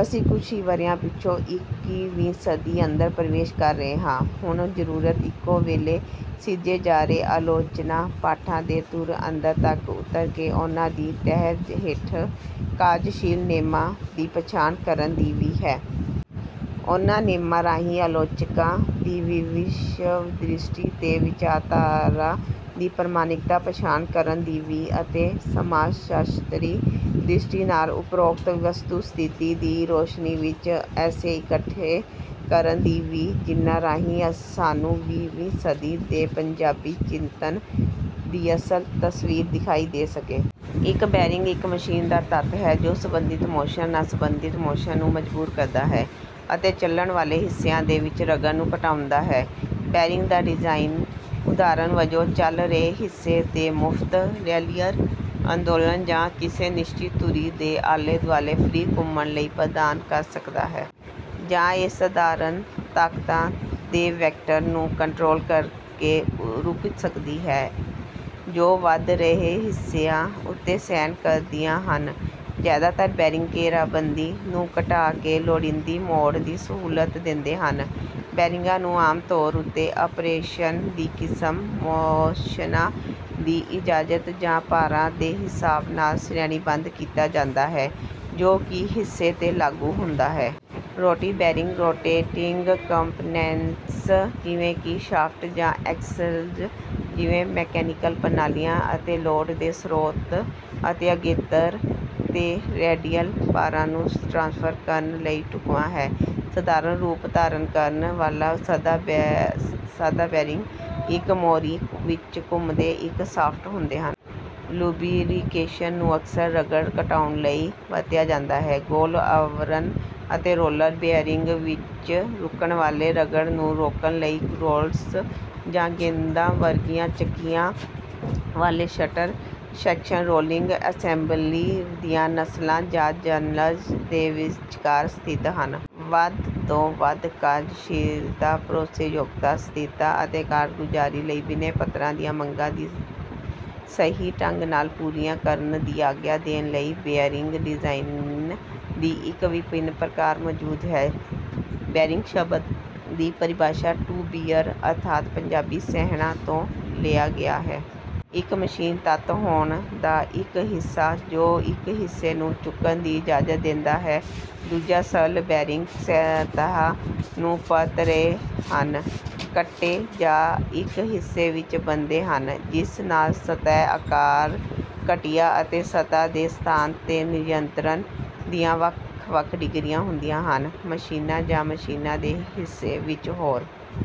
ਅਸੀਂ ਕੁਝ ਹੀ ਵਰ੍ਹਿਆਂ ਪਿੱਛੋਂ ਇੱਕੀ ਵੀਂ ਸਦੀ ਅੰਦਰ ਪ੍ਰਵੇਸ਼ ਕਰ ਰਹੇ ਹਾਂ। ਹੁਣ ਜ਼ਰੂਰਤ ਇੱਕੋ ਵੇਲੇ ਸਿਰਜੇ ਜਾ ਰਹੇ ਆਲੋਚਨਾ ਪਾਠਾਂ ਦੇ ਧੁਰ ਅੰਦਰ ਤੱਕ ਉੱਤਰ ਕੇ ਉਹਨਾਂ ਦੀ ਤਹਿ ਹੇਠ ਕਾਰਜਸ਼ੀਲ ਨੇਮਾਂ ਦੀ ਪਛਾਣ ਕਰਨ ਦੀ ਵੀ ਹੈ। ਉਨ੍ਹਾਂ ਨੇਮਾਂ ਰਾਹੀਂ ਆਲੋਚਕਾਂ ਦੀ ਵਿਸ਼ਵਦ੍ਰਿਸ਼ਟੀ ਤੇ ਵਿਚਾਰਧਾਰਾ ਦੀ ਪ੍ਰਮਾਣਿਕਤਾ ਪਛਾਣ ਕਰਨ ਦੀ ਵੀ ਅਤੇ ਸਮਾਜਸ਼ਾਸਤਰੀ ਦ੍ਰਿਸ਼ਟੀ ਨਾਲ ਉਪਰੋਕਤ ਵਸਤੂ ਸਥਿਤੀ ਦੀ ਰੌਸ਼ਨੀ ਵਿੱਚ ਐਸੇ ਇਕੱਠੇ ਕਰਨ ਦੀ ਵੀ ਜਿਨ੍ਹਾਂ ਰਾਹੀਂ ਸਾਨੂੰ ਵੀਹ ਵੀਂ ਸਦੀ ਦੇ ਪੰਜਾਬੀ ਚਿੰਤਨ ਦੀ ਅਸਲ ਤਸਵੀਰ ਦਿਖਾਈ ਦੇ ਸਕੇ। ਇੱਕ ਬੈਰਿੰਗ ਇੱਕ ਮਸ਼ੀਨ ਦਾ ਤੱਤ ਹੈ ਜੋ ਸੰਬੰਧਿਤ ਮੋਸ਼ਨ ਨਾਲ ਸੰਬੰਧਿਤ ਮੋਸ਼ਨ ਨੂੰ ਮਜਬੂਰ ਕਰਦਾ ਹੈ ਅਤੇ ਚਲਣ ਵਾਲੇ ਹਿੱਸਿਆਂ ਦੇ ਵਿੱਚ ਰਗੜ ਨੂੰ ਘਟਾਉਂਦਾ ਹੈ। ਬੈਰਿੰਗ ਦਾ ਡਿਜ਼ਾਈਨ ਉਦਾਹਰਣ ਵਜੋਂ ਚੱਲ ਰਹੇ ਹਿੱਸੇ ਦੇ ਮੁਫਤ ਰੇਲੀਅਰ ਅੰਦੋਲਨ ਜਾਂ ਕਿਸੇ ਨਿਸ਼ਚਿਤ ਧੁਰੀ ਦੇ ਆਲੇ ਦੁਆਲੇ ਫ੍ਰੀ ਘੁੰਮਣ ਲਈ ਪ੍ਰਦਾਨ ਕਰ ਸਕਦਾ ਹੈ। ਜਾਂ ਇਹ ਸਧਾਰਣ ਤਾਕਤਾਂ ਦੇ ਵੈਕਟਰ ਨੂੰ ਕੰਟਰੋਲ ਕਰਕੇ ਰੁਕ ਸਕਦੀ ਹੈ ਜੋ ਵਧ ਰਹੇ ਹਿੱਸਿਆਂ ਉੱਤੇ ਸਹਿਣ ਕਰਦੀਆਂ ਹਨ। ਜ਼ਿਆਦਾਤਰ ਬੈਰਿੰਗ ਘੇਰਾਬੰਦੀ ਨੂੰ ਘਟਾ ਕੇ ਲੋੜੀਦੀ ਮੋਡ ਦੀ ਸਹੂਲਤ ਦਿੰਦੇ ਹਨ। ਬੈਰਿੰਗਾਂ ਨੂੰ ਆਮ ਤੌਰ ਉੱਤੇ ਅਪਰੇਸ਼ਨ ਦੀ ਕਿਸਮ ਮੋਸ਼ਨਾਂ ਦੀ ਇਜਾਜ਼ਤ ਜਾਂ ਭਾਰਾਂ ਦੇ ਹਿਸਾਬ ਨਾਲ ਸ਼੍ਰੇਣੀਬੱਧ ਕੀਤਾ ਜਾਂਦਾ ਹੈ ਜੋ ਕਿ ਹਿੱਸੇ ਤੇ ਲਾਗੂ ਹੁੰਦਾ ਹੈ। ਰੋਟਰੀ ਬੈਰਿੰਗ ਰੋਟੇਟਿੰਗ ਕੰਪੋਨੈਂਟਸ ਜਿਵੇਂ ਕਿ ਸ਼ਾਫਟ ਜਾਂ ਐਕਸਲਜ਼ ਜਿਵੇਂ ਮਕੈਨੀਕਲ ਪ੍ਰਣਾਲੀਆਂ ਅਤੇ ਲੋਡ ਦੇ ਸਰੋਤ ਤੋਂ ਅਗੇਤਰ ਅਤੇ ਰੈਡੀਅਲ ਭਾਰਾਂ ਨੂੰ ਟਰਾਂਸਫਰ ਕਰਨ ਲਈ ਢੁਕਦਾ ਹੈ। ਸਾਧਾਰਣ ਰੂਪ ਧਾਰਨ ਕਰਨ ਵਾਲਾ ਸਾਦਾ ਬੇਅਰਿੰਗ ਇੱਕ ਮੋਰੀ ਵਿੱਚ ਘੁੰਮਦੇ ਇੱਕ ਸ਼ਾਫਟ ਹੁੰਦੇ ਹਨ। ਲੁਬਰੀਕੇਸ਼ਨ ਨੂੰ ਅਕਸਰ ਰਗੜ ਘਟਾਉਣ ਲਈ ਵਰਤਿਆ ਜਾਂਦਾ ਹੈ। ਗੋਲ ਆਵਰਣ ਅਤੇ ਰੋਲਰ ਬੇਅਰਿੰਗ ਵਿੱਚ ਰੁਕਣ ਵਾਲੇ ਰਗੜ ਨੂੰ ਰੋਕਣ ਲਈ ਰੋਲਰਸ ਜਾਂ ਗੇਂਦਾਂ ਵਰਗੀਆਂ ਚੱਕੀਆਂ ਵਾਲੇ ਸਟਰ ਸੈਕਸ਼ਨ ਰੋਲਿੰਗ ਅਸੈਂਬਲੀ ਦੀਆਂ ਨਸਲਾਂ ਜਾਂ ਜਰਨਲਜ਼ ਦੇ ਵਿਚਕਾਰ ਸਥਿਤ ਹਨ। ਵੱਧ ਤੋਂ ਵੱਧ ਕਾਰਜਸ਼ੀਲਤਾ ਭਰੋਸੇਯੋਗਤਾ ਸਥਿਰਤਾ ਅਤੇ ਕਾਰਗੁਜ਼ਾਰੀ ਲਈ ਬਿਨੈ ਪੱਤਰਾਂ ਦੀਆਂ ਮੰਗਾਂ ਦੀ ਸਹੀ ਢੰਗ ਨਾਲ ਪੂਰੀਆਂ ਕਰਨ ਦੀ ਆਗਿਆ ਦੇਣ ਲਈ ਬੇਅਰਿੰਗ ਡਿਜ਼ਾਈਨ ਦੀ ਇੱਕ ਵਿਭਿੰਨ ਪ੍ਰਕਾਰ ਮੌਜੂਦ ਹੈ। ਬੈਰਿੰਗ ਸ਼ਬਦ ਦੀ ਪਰਿਭਾਸ਼ਾ ਟੂ ਬੀਅਰ ਅਰਥਾਤ ਪੰਜਾਬੀ ਸਹਿਣਾ ਤੋਂ ਲਿਆ ਗਿਆ ਹੈ। ਇੱਕ ਮਸ਼ੀਨ ਤੱਤ ਹੋਣ ਦਾ ਇੱਕ ਹਿੱਸਾ ਜੋ ਇੱਕ ਹਿੱਸੇ ਨੂੰ ਚੁੱਕਣ ਦੀ ਇਜਾਜ਼ਤ ਦਿੰਦਾ ਹੈ। ਦੂਜਾ ਸਰਲ ਬੈਰਿੰਗ ਸਤਹਾਂ ਨੂੰ ਪਰਤ ਰਹੇ ਹਨ ਕੱਟੇ ਜਾਂ ਇੱਕ ਹਿੱਸੇ ਵਿੱਚ ਬਣਦੇ ਹਨ ਜਿਸ ਨਾਲ ਸਤਹ ਆਕਾਰ ਘਟੀਆ ਅਤੇ ਸਤ੍ਹਾ ਦੇ ਸਥਾਨ ਤੇ ਨਿਯੰਤਰਣ ਦੀਆਂ ਵੱਖ ਵੱਖ ਡਿਗਰੀਆਂ ਹੁੰਦੀਆਂ ਹਨ। ਮਸ਼ੀਨਾਂ ਜਾਂ ਮਸ਼ੀਨਾਂ ਦੇ ਹਿੱਸੇ ਵਿੱਚ ਹੋਰ